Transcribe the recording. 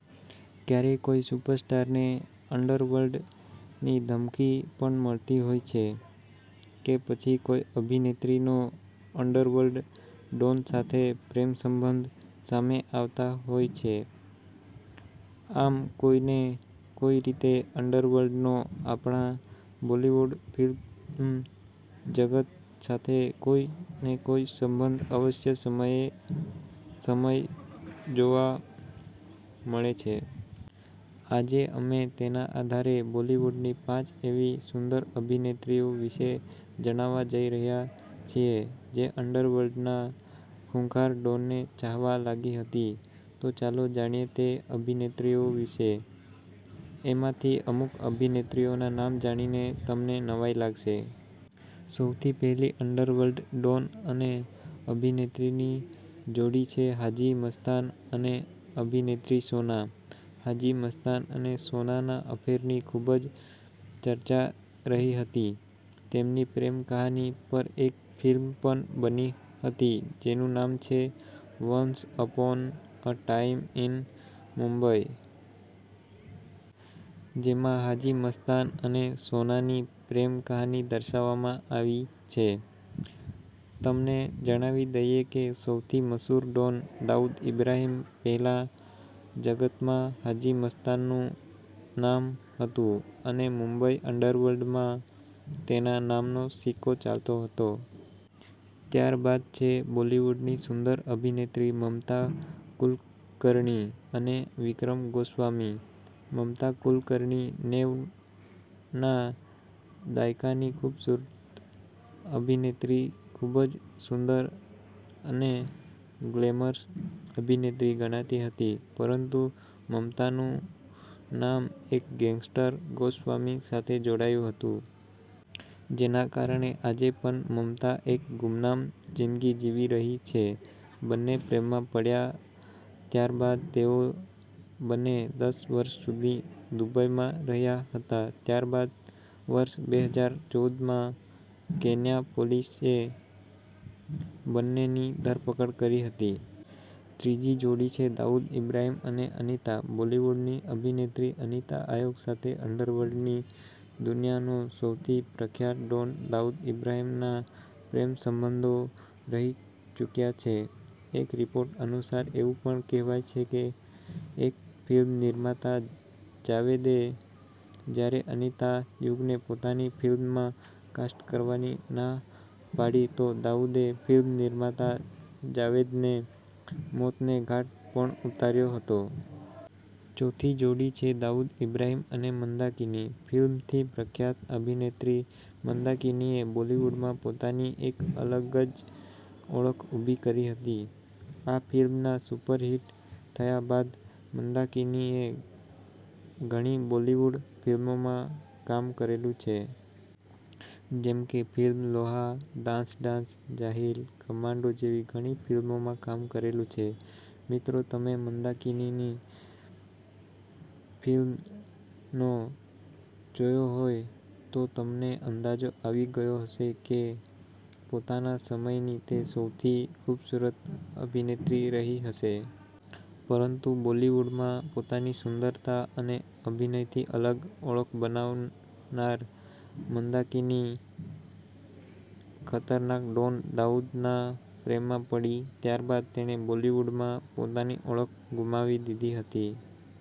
ક્યારે કોઈ સુપરસ્ટાર ને અંડરવર્લ્ડની ધમકી પણ મળતી હોય છે કે પછી કોઈ અભિનેત્રી નો અંન્ડરવર્લ્ડ ડોન સાથે પ્રેમ સંબંધ સામે આવતા હોય છે. આમ કોઈને કોઈ રીતે અંડરવર્લ્ડનો આપણા બોલિવૂડ ફિલ્મ જગત સાથે કોઈ ને કોઈ સંબંધ અવશ્ય સમયે સમય જોવા મળે છે. આજે અમે તેના આધારે બોલીવુડની પાંચ એવી સુંદર અભિનેત્રીઓ વિશે જણાવવા જઈ રહ્યા છીએ જે અંડરવર્લ્ડના ખૂંખાર ડોન ને ચાહવા લાગી હતી. તો ચાલો જાણીએ તે અભિનેત્રીઓ વિશે. એમાંથી અમુક અભિનેત્રીઓના નામ જાણીને તમને નવાઈ લાગશે. સૌથી પહેલી અંડરવર્લ્ડ ડોન અને અભિનેત્રીની જોડી છે, હાજી મસ્તાન અને અભિનેત્રી સોના. હાજી મસ્તાન અને સોનાના અફેરની ખૂબ જ ચર્ચા રહી હતી. તેમની પ્રેમ કહાની પર એક ફિલ્મ પણ બની હતી જેનું નામ છે," once upon a time in Mumbai". જેમાં હાજી મસ્તાન અને સોનાની પ્રેમ કહાની દર્શાવવામાં આવી છે. તમને જણાવી દઈએ કે સૌથી મસુર ડોન દાઉદ ઈબ્રાહીમ પહેલા જગતમાં હાજી મસ્તાન નું નામ હતું અને મુંબઇ અંડરવર્લ્ડમાં તેના નામનો સિક્કો ચાલતો હતો. ત્યારબાદ છે બોલિવૂડની સુંદર અભિનેત્રી મમતા કુલકર્ણી અને વિક્રમ ગોસ્વામી. મમતા કુલકર્ણી નેવ ના દાયકાની ખૂબસૂરત અભિનેત્રી ખૂબ જ સુંદર અને ગ્લેમરસ અભિનેત્રી ગણાતી હતી. પરંતુ મમતાનું નામ એક ગેંગસ્ટર ગોસ્વામી સાથે જોડાયું હતું. જેના કારણે આજે પણ મમતા એક ગુમનામ જીંદગી જીવી રહી છે. બન્ને પ્રેમમાં પડ્યા ત્યારબાદ તેઓ બંને દસ વર્ષ સુધી દુબઈમાં રહ્યા હતા ત્યારબાદ વર્ષ બે હજાર ચૌદમાં કેન્યા પોલીસે બંનેની ધરપકડ કરી હતી. ત્રીજી જોડી છે દાઉદ ઈબ્રાહીમ અને અનિતા. બોલિવૂડ ની અભિનેત્રી અનિતા આયોગ સાથે અંડરર્લ્ડ ની દુનિયા નો સૌથી પ્રખ્યાત ડોન દાઉદ ઈબ્રાહિમના પ્રેમસંબંધો રહી ચૂક્યા છે. એક રિપોર્ટ અનુસાર એવું પણ કહેવાય છે કે એક ફિલ્મ નિર્માતા જાવેદે જ્યારે અનિતા યુગને પોતાની ફિલ્મમાં કાસ્ટ કરવાની ના પાડી તો દાઉદે ફિલ્મનિર્માતા જાવેદને મોતને ઘાટ પણ ઉતાર્યો હતો. ચોથી જોડી છે દાઉદ ઈબ્રાહીમ અને મંદાકિની. ફિલ્મ થી પ્રખ્યાત અભિનેત્રી મંદાકિનીએ બોલિવૂડમાં પોતાની એક અલગ જ ઓળખ ઊભી કરી હતી. આ ફિલ્મના સુપર હિટ થયા બાદ મંદાકિની એ ઘણી બોલિવૂડ ફિલ્મોમાં કામ કરેલું છે. જેમકે ફિલ્મ લોહા, ડાન્સ ડાન્સ, જાહિલ, કમાન્ડો જેવી ઘણી ફિલ્મોમાં કામ કરેલું છે. મિત્રો તમે મંદાકિની ફિલ્મનો જોયો હોય તો તમને અંદાજો આવી ગયો હશે કે પોતાના સમયની તે સૌથી ખૂબસૂરત અભિનેત્રી રહી હશે. પરંતુ બોલિવૂડમાં પોતાની સુંદરતા અને અભિનયથી અલગ ઓળખ બનાવનાર મંદાકિની ખતરનાક ડોન દાઉદના પ્રેમમાં પડી ત્યારબાદ તેણે બોલિવૂડમાં પોતાની ઓળખ ગુમાવી દીધી હતી.